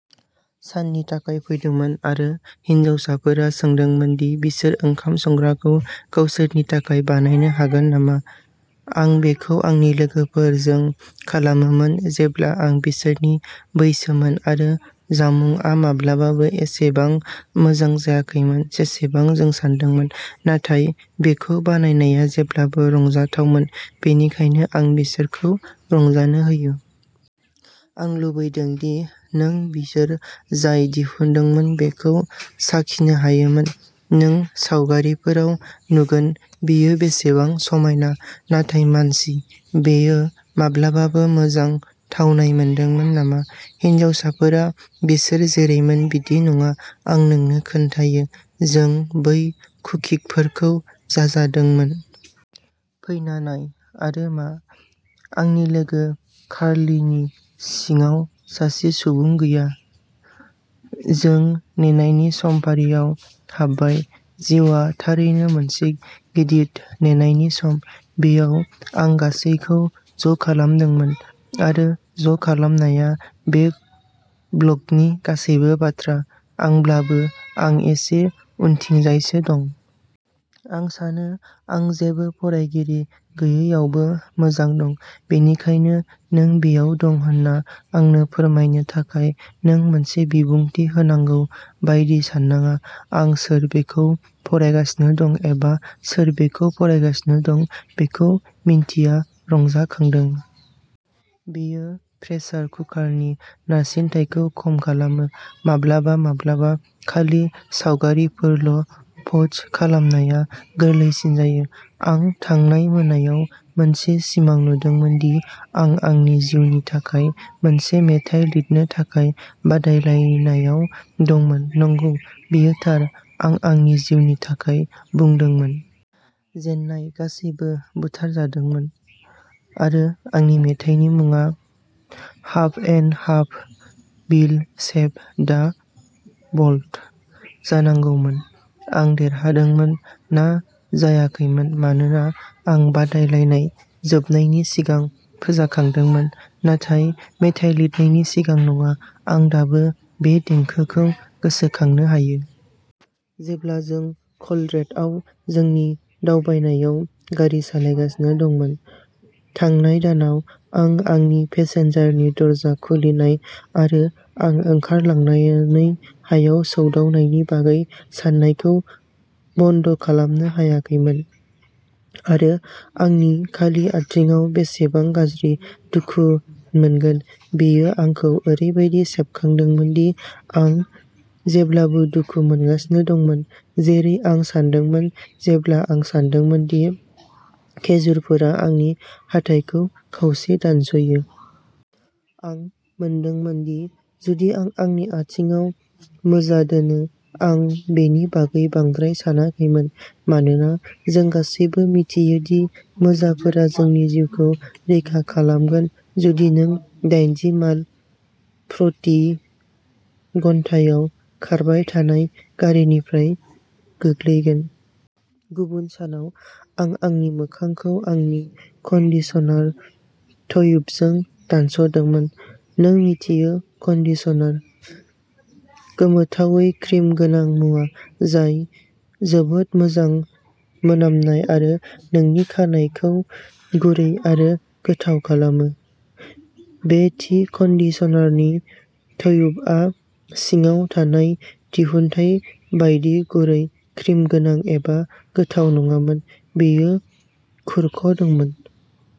साननि थाखाय फैदोंमोन आरो हिनजावसाफोरा सोंदोंमोन दि बिसोर ओंखाम संग्राखौ गावसोरनि थाखाय बानायनो हागोन नामा। आं बेखौ आंनि लोगोफोरजों खालामोमोन जेब्ला आं बिसोरनि बैसोमोन आरो जामुंआ माब्लाबाबो एसेबां मोजां जायाखैमोन जेसेबां जों सान्दोंमोन, नाथाय बेखौ बानायनाया जेब्लाबो रंजाथावमोन बेनिखायनो आं बिसोरखौ रंजानो होयो। आं लुबैदों दि नों बिसोर जाय दिहुनदोंमोन बेखौ साखिनो हायोमोन। नों सावगारिफोराव नुगोन बेयो बेसेबां समायना, नाथाय मानसि, बेयो माब्लाबाबो मोजां थावनाय मोनदोंमोन नामा! हिनजावसाफोरा बिसोर जेरैमोन बिदि नङा, आं नोंनो खोन्थायो। जों बै कुकिफोरखौ जाजादोंमोन। फैना नाय आरो मा? आंनि लोगो कार्लिनि सिङाव सासे सुबुं गैया। जों नेनायनि समफारियाव हाबबाय। जिउआ थारैनो मोनसे गिदिर नेनायनि सम। बेयाव, आं गासैखौ ज'खालामदोंमोन। आरो ज'खालामनाया बे ब्लगनि गासैबो बाथ्रा, आंब्लाबो। आं एसे उनथिंजायसो दं। आं सानो आं जेबो फरायगिरि गैयैयावबो मोजां दं, बेनिखायनो नों बेयाव दं होनना आंनो फोरमायनो थाखाय नों मोनसे बिबुंथि होनांगौ बायदि साननाङा। आं सोर बेखौ फरायगासिनो दं एबा सोर बेखौ फरायगासिनो दं बेखौ मिन्थिया रंजाखांदों। बेयो प्रेसार कुकारनि नारसिनथायखौ खम खालामो। माब्लाबा माब्लाबा खालि सावगारिफोरल'पस्ट खालामनाया गोरलैसिन जायो। आं थांनाय मोनायाव मोनसे सिमां नुदोंमोन दि आं आंनि जिउनि थाखाय मोनसे मेथाइ लिरनो थाखाय बादायलायनायाव दंमोन। नंगौ, बेयो थार, आं आंनि जिउनि थाखाय बुंदोंमोन। जेन्नाय गासैबो बुथारजादोंमोन। आरो आंनि मेथाइनि मुङा "half and half will save the world" जानांगौमोन। आं देरहादोंमोन ना जायाखैमोन, मानोना आं बादायलायनाय जोबनायनि सिगां फोजाखांदोंमोन, नाथाय मेथाइ लिरनायनि सिगां नङा। आं दाबो बे देंखोखौ गोसोखांनो हायो। जेब्ला जों कलरेड'आव जोंनि दावबायनायाव गारि सालायगासिनो दंमोन। थांनाय दानाव, आं आंनि पेसेन्जारनि दरजा खुलिनाय आरो आं ओंखारलांनानै हायाव सौदावनायनि बागै सान्नायखौ बन्द'खालामनो हायाखैमोन आरो आंनि खालि आथिंआव बेसेबां गाज्रि दुखु मोनगोन। बेयो आंखौ ओरैबादि सोबखांदोंमोन दि आं जेब्लाबो दुखु मोनगासिनो दंमोन, जेरै आं सान्दोंमोन जेब्ला आं सान्दोंमोन दि खेजुरफोरा आंनि हाथाइखौ खावसे दानस'यो। आं मोनदोंमोन दि जुदि आं आंनि आथिंआव मोजा दोनो, आं बेनि बागै बांद्राय सानाखैमोन। मानोना जों गासैबो मिथियो दि मोजाफोरा नोंनि जिउखौ रैखा खालामगोन जुदि नों दाइनजि माइल प्रति घन्टायाव खारबाय थानाय गारिनिफ्राय गोग्लैगोन। गुबुन सानाव आं आंनि मोखांखौ आंनि कन्डिशनार ट्युबजों दानस'दोंमोन। नों मिथियो कन्डिशनार। गोमोथावै क्रिम गोनां मुवा जाय जोबोद मोजां मोनामनाय आरो नोंनि खानाइखौ गुरै आरो गोथाव खालामो। बे थि कन्डिशनारनि ट्युबआ सिङाव थानाय दिहुनथाय बायदि गुरै, क्रिम गोनां एबा गोथाव नङामोन। बेयो खुरख'दोंमोन।